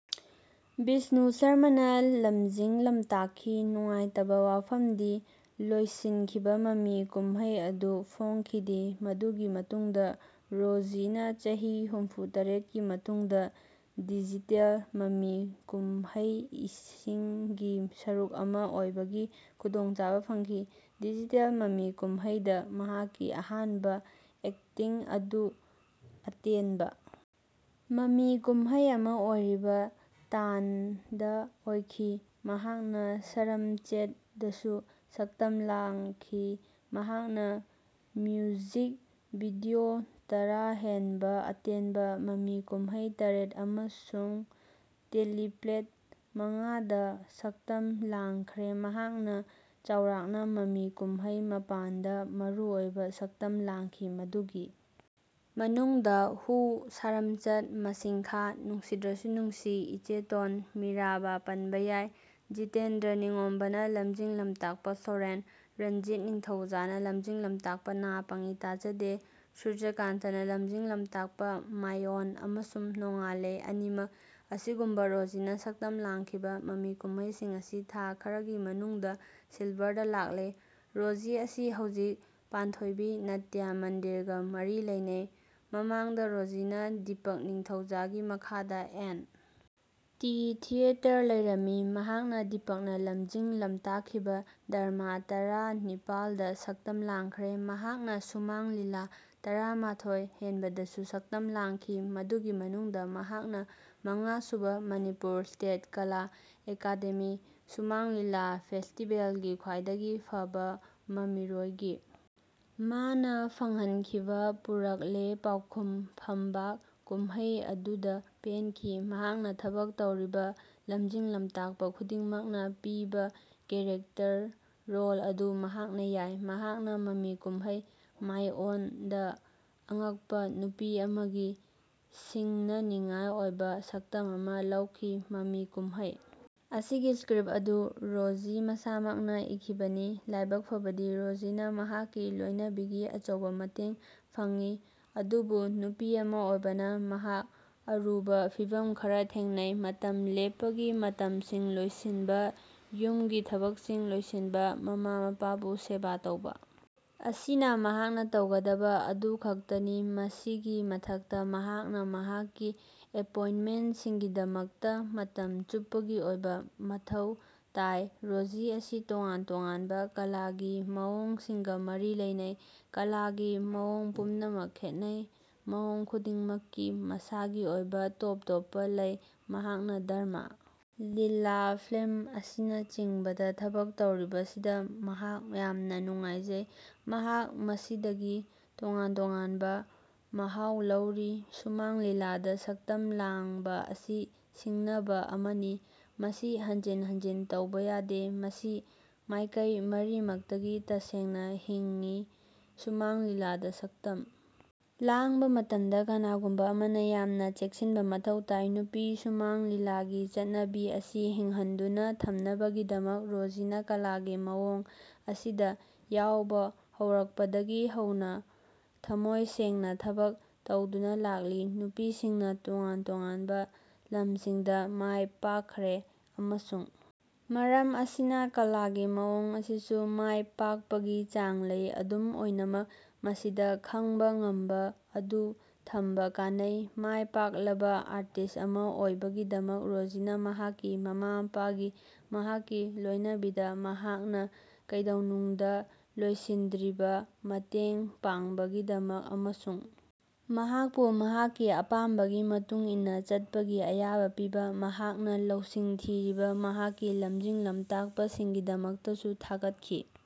ꯕꯤꯁꯅꯨ ꯁꯔꯃꯥꯅ ꯂꯝꯖꯤꯡ-ꯂꯝꯇꯥꯛꯈꯤ꯫ ꯅꯨꯡꯉꯥꯏꯇꯕ ꯋꯥꯐꯝꯗꯤ ꯂꯣꯏꯁꯤꯟꯈꯤꯕ ꯃꯃꯤ ꯀꯨꯝꯍꯩ ꯑꯗꯨ ꯐꯣꯡꯈꯤꯗꯦ꯫ ꯃꯗꯨꯒꯤ ꯃꯇꯨꯡꯗ ꯔꯣꯖꯤꯅ ꯆꯍꯤ ꯍꯨꯝꯐꯨ ꯇꯔꯦꯠꯀꯤ ꯃꯇꯨꯡꯗ ꯗꯤꯖꯤꯇꯦꯜ ꯃꯃꯤ ꯀꯨꯝꯍꯩꯏꯁꯤꯡꯒꯤ ꯁꯔꯨꯛ ꯑꯃ ꯑꯣꯏꯕꯒꯤ ꯈꯨꯗꯣꯡꯆꯥꯕ ꯐꯪꯈꯤ꯫ ꯗꯤꯖꯤꯇꯦꯜ ꯃꯃꯤ ꯀꯨꯝꯍꯩꯗ ꯃꯍꯥꯛꯀꯤ ꯑꯍꯥꯟꯕ ꯑꯦꯛꯇꯤꯡ ꯑꯗꯨ ꯑꯇꯦꯟꯕ ꯃꯃꯤ ꯀꯨꯝꯍꯩ ꯑꯃ ꯑꯣꯏꯔꯤꯕ 'ꯇꯥꯟ'ꯗ ꯑꯣꯏꯈꯤ꯫ ꯃꯍꯥꯛꯅ "ꯁꯔꯝꯆꯦꯠ"ꯗꯁꯨ ꯁꯛꯇꯝ ꯂꯥꯡꯈꯤ꯫ ꯃꯍꯥꯛꯅ ꯃ꯭ꯌꯨꯖꯤꯛ ꯚꯤꯗꯤꯑꯣ ꯇꯔꯥ ꯍꯦꯟꯕ, ꯑꯇꯦꯟꯕ ꯃꯃꯤ ꯀꯨꯝꯍꯩ ꯇꯔꯦꯠ ꯑꯃꯁꯨꯡ ꯇꯦꯂꯤꯄ꯭ꯂꯦ ꯃꯉꯥꯗ ꯁꯛꯇꯝ ꯂꯥꯡꯈ꯭ꯔꯦ꯫ ꯃꯍꯥꯛꯅ ꯆꯥꯎꯔꯥꯛꯅ ꯃꯃꯤ ꯀꯨꯝꯍꯩ ꯃꯥꯄꯟꯗ ꯃꯔꯨꯑꯣꯏꯕ ꯁꯛꯇꯝ ꯂꯥꯡꯈꯤ꯫ ꯃꯗꯨꯒꯤ ꯃꯅꯨꯡꯗ ꯍꯨ, ꯁꯔꯝꯆꯠ, ꯃꯥꯁꯤꯡꯈꯥ, ꯅꯨꯡꯁꯤꯗ꯭ꯔꯁꯨ ꯅꯨꯡꯁꯤ, ꯏꯆꯦꯇꯣꯟ, ꯃꯤꯔꯥꯕꯥ ꯄꯟꯕ ꯌꯥꯏ꯫ ꯖꯤꯇꯦꯟꯗ꯭ꯔ ꯅꯤꯡꯒꯣꯝꯕꯥꯅ ꯂꯝꯖꯤꯡ-ꯂꯝꯇꯥꯛꯄ 'ꯁꯣꯔꯦꯟ', ꯔꯟꯖꯤꯠ ꯅꯤꯡꯊꯧꯖꯥꯅ ꯂꯝꯖꯤꯡ-ꯂꯝꯇꯥꯛꯄ 'ꯅꯥ ꯄꯪ-ꯏ ꯇꯥꯖꯥꯗꯦ', ꯁꯨꯔꯖꯥꯀꯥꯟꯇꯅ ꯂꯝꯖꯤꯡ-ꯂꯝꯇꯥꯛꯄ 'ꯃꯥꯏ-ꯑꯣꯟ' ꯑꯃꯁꯨꯡ 'ꯅꯣꯡꯉꯥꯜꯂꯦ' ꯑꯅꯤꯃꯛ ꯑꯁꯤꯒꯨꯝꯕ ꯔꯣꯖꯤꯅ ꯁꯛꯇꯝ ꯂꯥꯡꯈꯤꯕ ꯃꯃꯤ ꯀꯨꯝꯍꯩꯁꯤꯡ ꯑꯁꯤ ꯊꯥ ꯈꯔꯒꯤ ꯃꯅꯨꯡꯗ ꯁꯤꯜꯚꯔꯗ ꯂꯥꯛꯂꯤ꯫ ꯔꯣꯖꯤ ꯑꯁꯤ ꯍꯧꯖꯤꯛ ꯄꯥꯟꯊꯣꯏꯕꯤ ꯅꯥꯇ꯭ꯌ ꯃꯟꯗꯤꯔꯒ ꯃꯔꯤ ꯂꯩꯅꯩ꯫ ꯃꯃꯥꯡꯗ ꯔꯣꯖꯤꯅ ꯗꯤꯄꯛ ꯅꯤꯡꯊꯧꯖꯥꯒꯤ ꯃꯈꯥꯗ ꯑꯦꯟ. ꯇꯤ. ꯊꯤꯌꯦꯇꯔꯗ ꯂꯩꯔꯝꯃꯤ꯫ ꯃꯍꯥꯛꯅ ꯗꯤꯄꯛꯅ ꯂꯝꯖꯤꯡ-ꯂꯝꯇꯥꯛꯈꯤꯕ ꯗ꯭ꯔꯃꯥ ꯇꯔꯥ ꯅꯤꯄꯥꯜꯗ ꯁꯛꯇꯝ ꯂꯥꯡꯈ꯭ꯔꯦ꯫ ꯃꯍꯥꯛꯅ ꯁꯨꯃꯥꯡ ꯂꯤꯂꯥ ꯇꯔꯥ ꯃꯊꯣꯏ ꯍꯦꯟꯕꯗꯁꯨ ꯁꯛꯇꯝ ꯂꯥꯡꯈꯤ ꯃꯗꯨꯒꯤ ꯃꯅꯨꯡꯗ ꯃꯍꯥꯛꯅ ꯃꯉꯥꯁꯨꯕ ꯃꯅꯤꯄꯨꯔ ꯁ꯭ꯇꯦꯠ ꯀꯥꯂꯥ ꯑꯦꯀꯥꯗꯦꯃꯤ ꯁꯨꯃꯥꯡ ꯂꯤꯂꯥ ꯐꯦꯁꯇꯤꯕꯦꯜꯒꯤ ꯈ꯭ꯋꯥꯏꯗꯒꯤ ꯐꯕ ꯃꯃꯤꯔꯣꯏꯒꯤ ꯃꯅꯥ ꯐꯪꯍꯟꯈꯤꯕ 'ꯄꯨꯔꯥꯛꯂꯦ ꯄꯥꯎꯈꯨꯝ' ꯐꯝꯕꯥꯛ ꯀꯨꯝꯍꯩ ꯑꯗꯨꯗ ꯄꯦꯟꯈꯤ꯫ ꯃꯍꯥꯛꯅ ꯊꯕꯛ ꯇꯧꯔꯤꯕ ꯂꯝꯖꯤꯡ-ꯂꯝꯇꯥꯛꯄ ꯈꯨꯗꯤꯡꯃꯛꯅ ꯄꯤꯕ ꯀꯦꯔꯦꯛꯇꯔ ꯔꯣꯜ ꯑꯗꯨ ꯃꯍꯥꯛꯅ ꯌꯥꯏ꯫ ꯃꯍꯥꯛꯅ ꯃꯃꯤ ꯀꯨꯝꯍꯩ 'ꯃꯥꯏ-ꯑꯣꯟ'ꯗ ꯑꯉꯛꯄ ꯅꯨꯄꯤ ꯑꯃꯒꯤ ꯁꯤꯡꯅꯅꯤꯡꯉꯥꯏ ꯑꯣꯏꯕ ꯁꯛꯇꯝ ꯑꯃꯥ ꯂꯧꯈꯤ꯫ ꯃꯃꯤ ꯀꯨꯝꯍꯩ ꯑꯁꯤꯒꯤ ꯁ꯭ꯀ꯭ꯔꯤꯞ ꯑꯗꯨ ꯔꯣꯖꯤ ꯃꯁꯥꯃꯛꯅ ꯏꯈꯤꯕꯅꯤ꯫ ꯂꯥꯏꯕꯛ ꯐꯕꯗꯤ, ꯔꯣꯖꯤꯅ ꯃꯍꯥꯛꯀꯤ ꯂꯣꯏꯅꯕꯤꯒꯤ ꯑꯆꯧꯕ ꯃꯇꯦꯡ ꯐꯪꯉꯤ꯫ ꯑꯗꯨꯕꯨ ꯅꯨꯄꯤ ꯑꯃ ꯑꯣꯏꯕꯅ ꯃꯍꯥꯛ ꯑꯔꯨꯕ ꯐꯤꯚꯝ ꯈꯔ ꯊꯦꯡꯅꯩ꯫ ꯃꯇꯝ ꯂꯦꯞꯄꯒꯤ ꯃꯇꯝꯁꯤꯡ ꯂꯣꯏꯁꯤꯟꯕ, ꯌꯨꯝꯒꯤ ꯊꯕꯛꯁꯤꯡ ꯂꯣꯏꯁꯤꯟꯕ, ꯃꯃꯥ-ꯃꯄꯥꯕꯨ ꯁꯦꯕꯥ ꯇꯧꯕ ꯑꯁꯤꯅ ꯃꯍꯥꯛꯅ ꯇꯧꯒꯗꯕ ꯑꯗꯨꯈꯛꯇꯅꯤ꯫ ꯃꯁꯤꯒꯤ ꯃꯊꯛꯇ, ꯃꯍꯥꯛꯅ ꯃꯍꯥꯛꯀꯤ ꯑꯦꯄꯣꯏꯟꯃꯦꯟ꯭ꯇꯁꯤꯡꯒꯤꯗꯃꯛꯇ ꯃꯇꯝ ꯆꯨꯞꯄꯒꯤ ꯑꯣꯏꯕ ꯃꯊꯧ ꯇꯥꯏ꯫ ꯔꯣꯖꯤ ꯑꯁꯤ ꯇꯣꯉꯥꯟ-ꯇꯣꯉꯥꯟꯕ ꯀꯂꯥꯒꯤ ꯃꯑꯣꯡꯁꯤꯡꯒ ꯃꯔꯤ ꯂꯩꯅꯩ꯫ ꯀꯂꯥꯒꯤ ꯃꯑꯣꯡ ꯄꯨꯝꯅꯃꯛ ꯈꯦꯠꯅꯩ꯫ ꯃꯑꯣꯡ ꯈꯨꯗꯤꯡꯃꯛꯀꯤ ꯃꯁꯥꯒꯤ ꯑꯣꯏꯕ ꯇꯣꯞ-ꯇꯣꯞꯄ ꯂꯩ꯫ ꯃꯍꯥꯛꯅ ꯗ꯭ꯔꯃꯥ, ꯂꯤꯂꯥ, ꯐꯤꯜꯝ ꯑꯁꯤꯅꯆꯤꯡꯕꯗ ꯊꯕꯛ ꯇꯧꯔꯤꯕꯁꯤꯗ ꯃꯍꯥꯛ ꯌꯥꯝꯅ ꯅꯨꯡꯉꯥꯏꯖꯩ꯫ ꯃꯍꯥꯛ ꯃꯁꯤꯗꯒꯤ ꯇꯣꯉꯥꯟ-ꯇꯣꯉꯥꯟꯕ ꯃꯍꯥꯎ ꯂꯧꯔꯤ꯫ ꯁꯨꯃꯥꯡ ꯂꯤꯂꯥꯗ ꯁꯛꯇꯝ ꯂꯥꯡꯕ ꯑꯁꯤ ꯁꯤꯡꯅꯕ ꯑꯃꯅꯤ, ꯃꯁꯤ ꯍꯟꯖꯤꯟ ꯍꯟꯖꯤꯟ ꯇꯧꯕ ꯌꯥꯗꯦ꯫ ꯃꯁꯤ ꯃꯥꯏꯀꯩ ꯃꯔꯤꯃꯛꯇꯒꯤ ꯇꯁꯦꯡꯅ ꯍꯤꯡꯉꯤ꯫ ꯁꯨꯃꯥꯡ ꯂꯤꯂꯥꯗ ꯁꯛꯇꯝ ꯂꯥꯡꯕ ꯃꯇꯝꯗ ꯀꯅꯥꯒꯨꯝꯕ ꯑꯃꯅ ꯌꯥꯝꯅ ꯆꯦꯛꯁꯤꯟꯕ ꯃꯊꯧ ꯇꯥꯏ꯫ ꯅꯨꯄꯤ ꯁꯨꯃꯥꯡ ꯂꯤꯂꯥꯒꯤ ꯆꯠꯅꯕꯤ ꯑꯁꯤ ꯍꯤꯡꯍꯟꯗꯨꯅ ꯊꯝꯅꯕꯒꯤꯗꯃꯛ, ꯔꯣꯖꯤꯅ ꯀꯂꯥꯒꯤ ꯃꯑꯣꯡ ꯑꯁꯤꯗ ꯌꯥꯎꯕ ꯍꯧꯔꯛꯄꯗꯒꯤ ꯍꯧꯅ ꯊꯃꯣꯏ ꯁꯦꯡꯅ ꯊꯕꯛ ꯇꯧꯗꯨꯅ ꯂꯥꯛꯂꯤ꯫ ꯅꯨꯄꯤꯁꯤꯡꯅ ꯇꯣꯉꯥꯟ-ꯇꯣꯉꯥꯟꯕ ꯂꯝꯁꯤꯡꯗ ꯃꯥꯏ ꯄꯥꯛꯈ꯭ꯔꯦ ꯑꯃꯁꯨꯡ ꯃꯔꯝ ꯑꯁꯤꯅ ꯀꯂꯥꯒꯤ ꯃꯑꯣꯡ ꯑꯁꯤꯁꯨ ꯃꯥꯏ ꯄꯥꯛꯄꯒꯤ ꯆꯥꯡ ꯂꯩ꯫ ꯑꯗꯨꯝ ꯑꯣꯏꯅꯃꯛ, ꯃꯁꯤꯗ ꯈꯥꯡꯕ ꯉꯝꯕ ꯑꯗꯨ ꯊꯝꯕ ꯀꯥꯟꯅꯩ꯫ ꯃꯥꯏ ꯄꯥꯛꯂꯕ ꯑꯥꯔꯇꯤꯁ ꯑꯃꯥ ꯑꯣꯏꯕꯒꯤꯗꯃꯛ ꯔꯣꯖꯤꯅ ꯃꯍꯥꯛꯀꯤ ꯃꯃꯥ-ꯃꯄꯥꯒꯤ, ꯃꯍꯥꯛꯀꯤ ꯂꯣꯏꯅꯕꯤꯗ ꯃꯍꯥꯛꯅ ꯀꯩꯗꯧꯅꯨꯡꯗ ꯂꯣꯏꯁꯤꯟꯗ꯭ꯔꯤꯕ ꯃꯇꯦꯡ ꯄꯥꯡꯕꯒꯤꯗꯃꯛ ꯑꯃꯁꯨꯡ ꯃꯍꯥꯛꯄꯨ ꯃꯍꯥꯛꯀꯤ ꯑꯄꯥꯝꯕꯒꯤ ꯃꯇꯨꯡ ꯏꯟꯅ ꯆꯠꯄꯒꯤ ꯑꯌꯥꯕ ꯄꯤꯕ, ꯃꯍꯥꯛꯅ ꯂꯧꯁꯤꯡ ꯊꯤꯔꯤꯕ ꯃꯍꯥꯛꯀꯤ ꯂꯝꯖꯤꯡ-ꯂꯝꯇꯥꯛꯄꯁꯤꯡꯒꯤꯗꯃꯛꯇꯁꯨ ꯊꯥꯒꯠꯈꯤ꯫